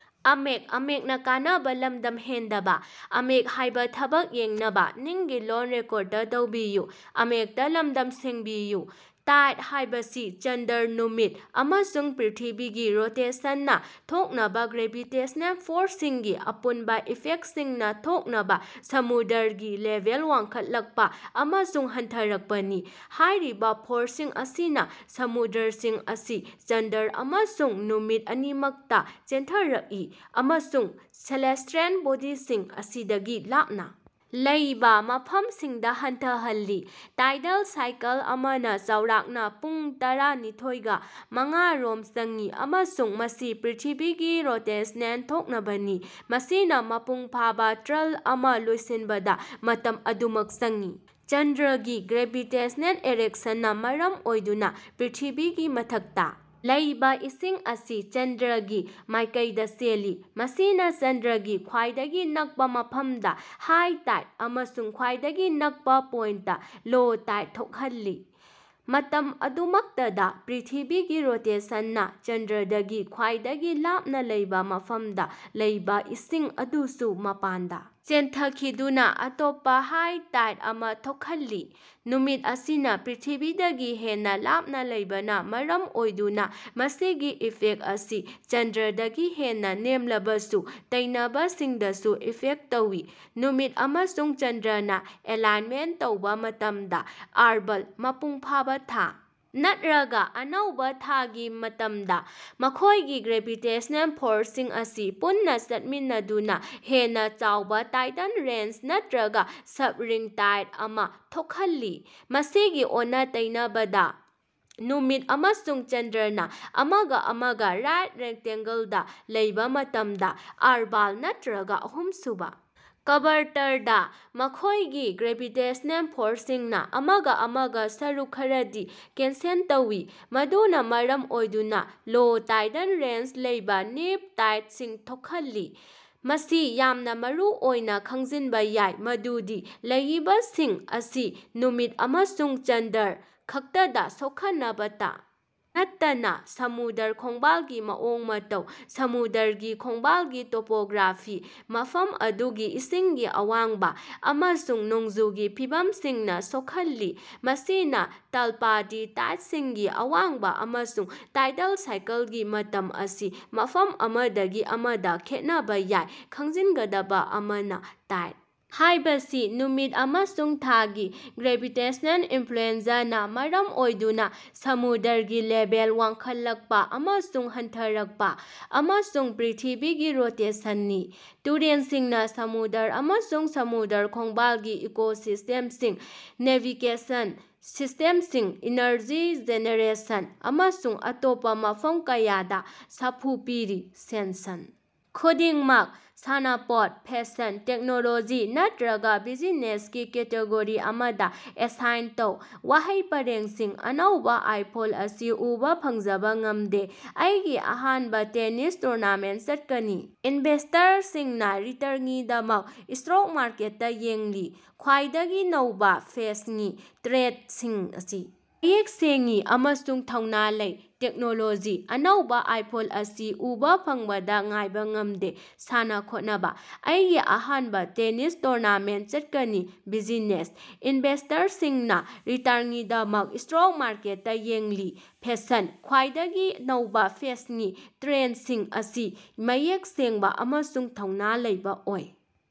ꯇꯥꯏꯗ ꯍꯥꯏꯕꯁꯤ ꯆꯟꯗ꯭ꯔ, ꯅꯨꯃꯤꯠ ꯑꯃꯁꯨꯡ ꯄ꯭ꯔ꯭ꯤꯊꯤꯕꯤꯒꯤ ꯔꯣꯇꯦꯁꯟꯅ ꯊꯣꯛꯅꯕ ꯒ꯭ꯔꯦꯚꯤꯇꯦꯁꯅꯦꯜ ꯐꯣꯔꯁꯤꯡꯒꯤ ꯑꯄꯨꯟꯕ ꯏꯐꯦꯛꯁꯤꯡꯅ ꯊꯣꯛꯅꯕ ꯁꯃꯨꯗ꯭ꯔꯒꯤ ꯂꯦꯚꯦꯜ ꯋꯥꯡꯈꯠꯂꯛꯄ ꯑꯃꯁꯨꯡ ꯍꯟꯊꯔꯛꯄꯅꯤ꯫ ꯍꯥꯏꯔꯤꯕ ꯐꯣꯔꯁꯤꯡ ꯑꯁꯤꯅ ꯁꯃꯨꯗ꯭ꯔꯁꯤꯡ ꯑꯁꯤ ꯆꯟꯗ꯭ꯔ ꯑꯃꯁꯨꯡ ꯅꯨꯃꯤꯠ ꯑꯅꯤꯃꯛꯇ ꯆꯦꯟꯊꯔꯛꯏ, ꯑꯃꯁꯨꯡ ꯁꯦꯂꯦꯁ꯭ꯇꯤꯑꯦꯜ ꯕꯣꯗꯤꯁꯤꯡ ꯑꯁꯤꯗꯒꯤ ꯂꯥꯞꯅ ꯂꯩꯕ ꯃꯐꯝꯁꯤꯡꯗ ꯍꯟꯊꯍꯜꯂꯤ꯫ ꯇꯥꯏꯗꯜ ꯁꯥꯏꯀꯜ ꯑꯃꯅ ꯆꯥꯎꯔꯥꯛꯅ ꯄꯨꯡ ꯇꯔꯥ ꯅꯤꯊꯣꯏꯒ꯬ ꯃꯉꯥ ꯔꯣꯝ ꯆꯪꯏ ꯑꯃꯁꯨꯡ ꯃꯁꯤ ꯄ꯭ꯔ꯭ꯤꯊꯤꯕꯤꯒꯤ ꯔꯣꯇꯦꯁꯟꯅꯦꯜ ꯊꯣꯛꯅꯕꯅꯤ, ꯃꯁꯤꯅ ꯃꯄꯨꯡꯐꯥꯕ ꯇꯔꯟ ꯑꯃ ꯂꯣꯏꯁꯤꯟꯕꯗ ꯃꯇꯝ ꯑꯗꯨꯃꯛ ꯆꯪꯏ꯫ ꯆꯟꯗ꯭ꯔꯒꯤ ꯒ꯭ꯔꯦꯚꯤꯇꯦꯁꯅꯦꯜ ꯑꯦꯠꯔꯦꯛꯁꯟꯅ ꯃꯔꯝ ꯑꯣꯏꯗꯨꯅ ꯄ꯭ꯔ꯭ꯤꯊꯤꯕꯤꯒꯤ ꯃꯊꯛꯇ ꯂꯩꯔꯤꯕ ꯏꯁꯤꯡ ꯑꯁꯤ ꯆꯟꯗ꯭ꯔꯒꯤ ꯃꯥꯏꯀꯩꯗ ꯆꯦꯜꯂꯤ꯫ ꯃꯁꯤꯅ ꯆꯟꯗ꯭ꯔꯒꯤ ꯈ꯭ꯋꯥꯏꯗꯒꯤ ꯅꯛꯄ ꯃꯐꯝꯗ ꯍꯥꯏ ꯇꯥꯏꯗ ꯑꯃꯁꯨꯡ ꯈ꯭ꯋꯥꯏꯗꯒꯤ ꯅꯛꯄ ꯄꯣꯏꯟꯠꯇ ꯂꯣ ꯇꯥꯏꯗ ꯊꯣꯛꯈꯜꯂꯤ꯫ ꯃꯇꯝ ꯑꯗꯨꯃꯛꯇꯗ ꯄ꯭ꯔ꯭ꯤꯊꯤꯕꯤꯒꯤ ꯔꯣꯇꯦꯁꯟꯅ ꯆꯟꯗ꯭ꯔꯗꯒꯤ ꯈ꯭ꯋꯥꯏꯗꯒꯤ ꯂꯥꯞꯅ ꯂꯩꯕ ꯃꯐꯝꯗ ꯂꯩꯕ ꯏꯁꯤꯡ ꯑꯗꯨꯁꯨ ꯃꯄꯥꯟꯗ ꯆꯦꯟꯊꯈꯤꯗꯨꯅ ꯑꯇꯣꯞꯄ ꯍꯥꯏ ꯇꯥꯏꯗ ꯑꯃꯥ ꯊꯣꯈꯜꯂꯤ꯫ ꯅꯨꯃꯤꯠ ꯑꯁꯤꯅ ꯄ꯭ꯔ꯭ꯤꯊꯤꯕꯤꯗꯒꯤ ꯍꯦꯟꯅ ꯂꯥꯞꯅ ꯂꯩꯕꯅ ꯃꯔꯝ ꯑꯣꯏꯗꯨꯅ ꯃꯁꯤꯒꯤ ꯏꯐꯦꯛꯇ ꯑꯁꯤ ꯆꯟꯗ꯭ꯔꯗꯒꯤ ꯍꯦꯟꯅ ꯅꯦꯝꯂꯕꯁꯨ ꯇꯩꯅꯕꯁꯤꯡꯗꯁꯨ ꯏꯐꯦꯛꯇ ꯇꯧꯏ꯫ ꯅꯨꯃꯤꯠ ꯑꯃꯁꯨꯡ ꯆꯟꯗ꯭ꯔꯅ ꯑꯦꯂꯥꯏꯟꯃꯦꯟꯇ ꯇꯧꯕ ꯃꯇꯝꯗ (ꯑꯔꯕꯥꯟ, ꯃꯄꯨꯡ ꯐꯥꯕ ꯊꯥ ꯅꯠꯠꯔꯒ ꯑꯅꯧꯕ ꯊꯥꯒꯤ ꯃꯇꯝꯗ) ꯃꯈꯣꯏꯒꯤ ꯒ꯭ꯔꯦꯚꯤꯇꯦꯁꯅꯦꯜ ꯐꯣꯔꯁꯤꯡ ꯑꯁꯤ ꯄꯨꯟꯅ ꯆꯠꯃꯤꯟꯅꯗꯨꯅ ꯍꯦꯟꯅ ꯆꯥꯎꯕ ꯇꯥꯏꯗꯜ ꯔꯦꯟꯖ ꯅꯠꯇꯔꯒ ꯁ꯭ꯞꯔꯤꯡ ꯇꯥꯏꯗ ꯑꯃꯥ ꯊꯣꯈꯜꯂꯤ꯫ ꯃꯁꯤꯒꯤ ꯑꯣꯟꯅ-ꯇꯩꯅꯕꯗ, ꯅꯨꯃꯤꯠ ꯑꯃꯁꯨꯡ ꯆꯟꯗ꯭ꯔꯅ ꯑꯃꯒ ꯑꯃꯒ ꯔꯥꯏꯠ ꯑꯦꯉ꯭ꯒꯂꯗꯥ ꯂꯩꯕꯥ ꯃꯇꯝꯗ (ꯑꯔꯕꯥꯟ ꯅꯠꯇꯔꯒ ꯑꯍꯨꯃꯁꯨꯕ ꯀ꯭ꯕꯥꯔꯇꯔꯗꯥ) ꯃꯈꯣꯏꯒꯤ ꯒ꯭ꯔꯦꯚꯤꯇꯦꯁꯅꯦꯜ ꯐꯣꯔꯁꯤꯡꯅ ꯑꯃꯒ ꯑꯃꯒ ꯁꯔꯨꯛ ꯈꯔꯗꯤ ꯀꯦꯟꯁꯦꯜ ꯇꯧꯏ, ꯃꯗꯨꯅ ꯃꯔꯝ ꯑꯣꯏꯗꯨꯅ ꯂꯣ ꯇꯥꯏꯗꯜ ꯔꯦꯟꯖ ꯂꯩꯕ ꯅꯤꯞ ꯇꯥꯏꯗꯁꯤꯡ ꯊꯣꯈꯜꯂꯤ꯫ ꯃꯁꯤ ꯌꯥꯝꯅꯥ ꯃꯔꯨꯑꯣꯏꯅ ꯈꯡꯖꯤꯟꯕ ꯌꯥꯏ ꯃꯗꯨꯗꯤ ꯂꯩꯏꯕꯁꯤꯡ ꯑꯁꯤ ꯅꯨꯃꯤꯠ ꯑꯃꯁꯨꯡ ꯆꯟꯗ꯭ꯔ ꯈꯛꯇꯅ ꯁꯣꯈꯅꯕꯇ ꯅꯠꯇꯅ ꯁꯃꯨꯗ꯭ꯔ ꯈꯣꯡꯕꯥꯂꯒꯤ ꯃꯑꯣꯡ ꯃꯇꯧ, ꯁꯃꯨꯗ꯭ꯔꯒꯤ ꯈꯣꯡꯕꯥꯜꯒꯤ ꯇꯣꯄꯣꯒ꯭ꯔꯥꯐꯤ, ꯃꯐꯝ ꯑꯗꯨꯒꯤ ꯏꯁꯤꯡꯒꯤ ꯑꯋꯥꯡꯕ, ꯑꯃꯁꯨꯡ ꯅꯣꯡꯖꯨꯒꯤ ꯐꯤꯕꯝꯁꯤꯡꯅ ꯁꯣꯈꯜꯂꯤ꯫ ꯃꯁꯤꯅ ꯇꯥꯜꯄꯗꯤ ꯇꯥꯏꯗꯁꯤꯡꯒꯤ ꯑꯋꯥꯡꯕ ꯑꯃꯁꯨꯡ ꯇꯥꯏꯗꯜ ꯁꯥꯏꯀꯜꯒꯤ ꯃꯇꯝ ꯑꯁꯤ ꯃꯐꯝ ꯑꯃꯗꯒꯤ ꯑꯃꯗ ꯈꯦꯠꯅꯕ ꯌꯥꯏ꯫ ꯈꯪꯖꯤꯟꯒꯗꯕ ꯑꯃꯅ, ꯇꯥꯏꯗ ꯍꯥꯏꯕꯁꯤ ꯅꯨꯃꯤꯠ ꯑꯃꯁꯨꯡ ꯊꯥꯒꯤ ꯒ꯭ꯔꯦꯚꯤꯇꯦꯁꯅꯦꯜ ꯏꯅꯐ꯭ꯂꯨꯑꯦꯟꯖꯥꯅ ꯃꯔꯝ ꯑꯣꯏꯗꯨꯅ ꯁꯃꯨꯗ꯭ꯔꯒꯤ ꯂꯦꯚꯦꯜ ꯋꯥꯡꯈꯠꯂꯀꯄ ꯑꯃꯁꯨꯡ ꯍꯟꯊꯔꯀꯄ, ꯑꯃꯁꯨꯡ ꯄ꯭ꯔ꯭ꯏꯊꯤꯕꯤꯒꯤ ꯔꯣꯇꯦꯁꯟꯅꯤ꯫ ꯇꯨꯔꯦꯜꯁꯤꯡꯅ ꯁꯃꯨꯗ꯭ꯔ ꯑꯃꯁꯨꯡ ꯁꯃꯨꯗ꯭ꯔ ꯈꯣꯡꯕꯥꯜꯒꯤ ꯏꯀꯣꯁꯤꯁ꯭ꯇꯦꯝꯁꯤꯡ, ꯅꯦꯚꯤꯒꯦꯁꯟ ꯁꯤꯁ꯭ꯇꯦꯃꯁꯤꯡ, ꯏꯅꯔꯖꯤ ꯖꯦꯅꯦꯔꯦꯁꯟ ꯑꯃꯁꯨꯡ ꯑꯇꯣꯞꯄ ꯃꯐꯝ ꯀꯌꯥꯗ ꯁꯥꯐꯨ ꯄꯤꯔꯤ꯫ ꯁꯦꯟꯁꯟ ꯈꯨꯗꯤꯡꯃꯛ ꯁꯥꯟꯅꯄꯣꯠ, ꯐꯦꯁꯟ, ꯇꯦꯛꯅꯣꯂꯣꯖꯤ ꯅꯠꯇꯔꯒ ꯕꯤꯖꯤꯅꯦꯁꯀꯤ ꯀꯦꯇꯦꯒꯣꯔꯤ ꯑꯃꯗ ꯑꯦꯁꯥꯏꯟ ꯇꯧ꯫ ꯋꯥꯍꯩ ꯄꯔꯦꯡꯁꯤꯡ: -ꯑꯅꯧꯕ ꯑꯥꯏꯐꯣꯟ ꯑꯁꯤ ꯎꯕ ꯐꯪꯖꯕ ꯉꯝꯗꯦ꯫ -ꯑꯩꯒꯤ ꯑꯍꯥꯟꯕ ꯇꯦꯅꯤꯁ ꯇꯨꯔꯅꯥꯃꯦꯟꯠ ꯆꯠꯀꯅꯤ꯫ -ꯏꯟꯚꯦꯁ꯭ꯇꯔꯁꯤꯡꯅ ꯔꯤꯇꯔꯉꯤꯗꯃꯛ ꯁ꯭ꯇꯣꯛ ꯃꯥꯔꯀꯦꯠꯇ ꯌꯦꯡꯂꯤ꯫ -ꯈ꯭ꯋꯥꯏꯗꯒꯤ ꯅꯧꯕ ꯐꯦꯁꯅꯤ ꯇ꯭ꯔꯦꯟꯗꯁꯤꯡ ꯑꯁꯤ ꯃꯌꯦꯛ ꯁꯦꯡꯏ ꯑꯃꯁꯨꯡ ꯊꯧꯅꯥ ꯂꯩ꯫ ꯇꯦꯛꯅꯣꯂꯣꯖꯤ: ꯑꯅꯧꯕ ꯑꯥꯏꯐꯣꯟ ꯑꯁꯤ ꯎꯕ ꯐꯪꯕꯗ ꯉꯥꯏꯕ ꯉꯝꯗꯦ꯫ ꯁꯥꯟꯅ-ꯈꯣꯠꯅꯕ: ꯑꯩꯒꯤ ꯑꯍꯥꯟꯕ ꯇꯦꯅꯤꯁ ꯇꯨꯔꯅꯥꯃꯦꯟꯇ ꯆꯠꯀꯅꯤ꯫ ꯕꯤꯖꯤꯅꯦꯁ: ꯏꯅꯚꯦꯁ꯭ꯇꯔꯁꯤꯡꯅ ꯔꯤꯇꯔꯉꯤꯗꯃꯛ ꯁ꯭ꯇꯣꯛ ꯃꯥꯔꯀꯦꯠꯇ ꯌꯦꯡꯂꯤ꯫ ꯐꯦꯁꯟ: ꯈ꯭ꯋꯥꯏꯗꯒꯤ ꯅꯧꯕ ꯐꯦꯁꯉꯤ ꯇ꯭ꯔꯦꯟꯗꯁꯤꯡ ꯑꯁꯤ ꯃꯌꯦꯛ ꯁꯦꯡꯕ ꯑꯃꯁꯨꯡ ꯊꯧꯅꯥ ꯂꯩꯕ ꯑꯣꯏ꯫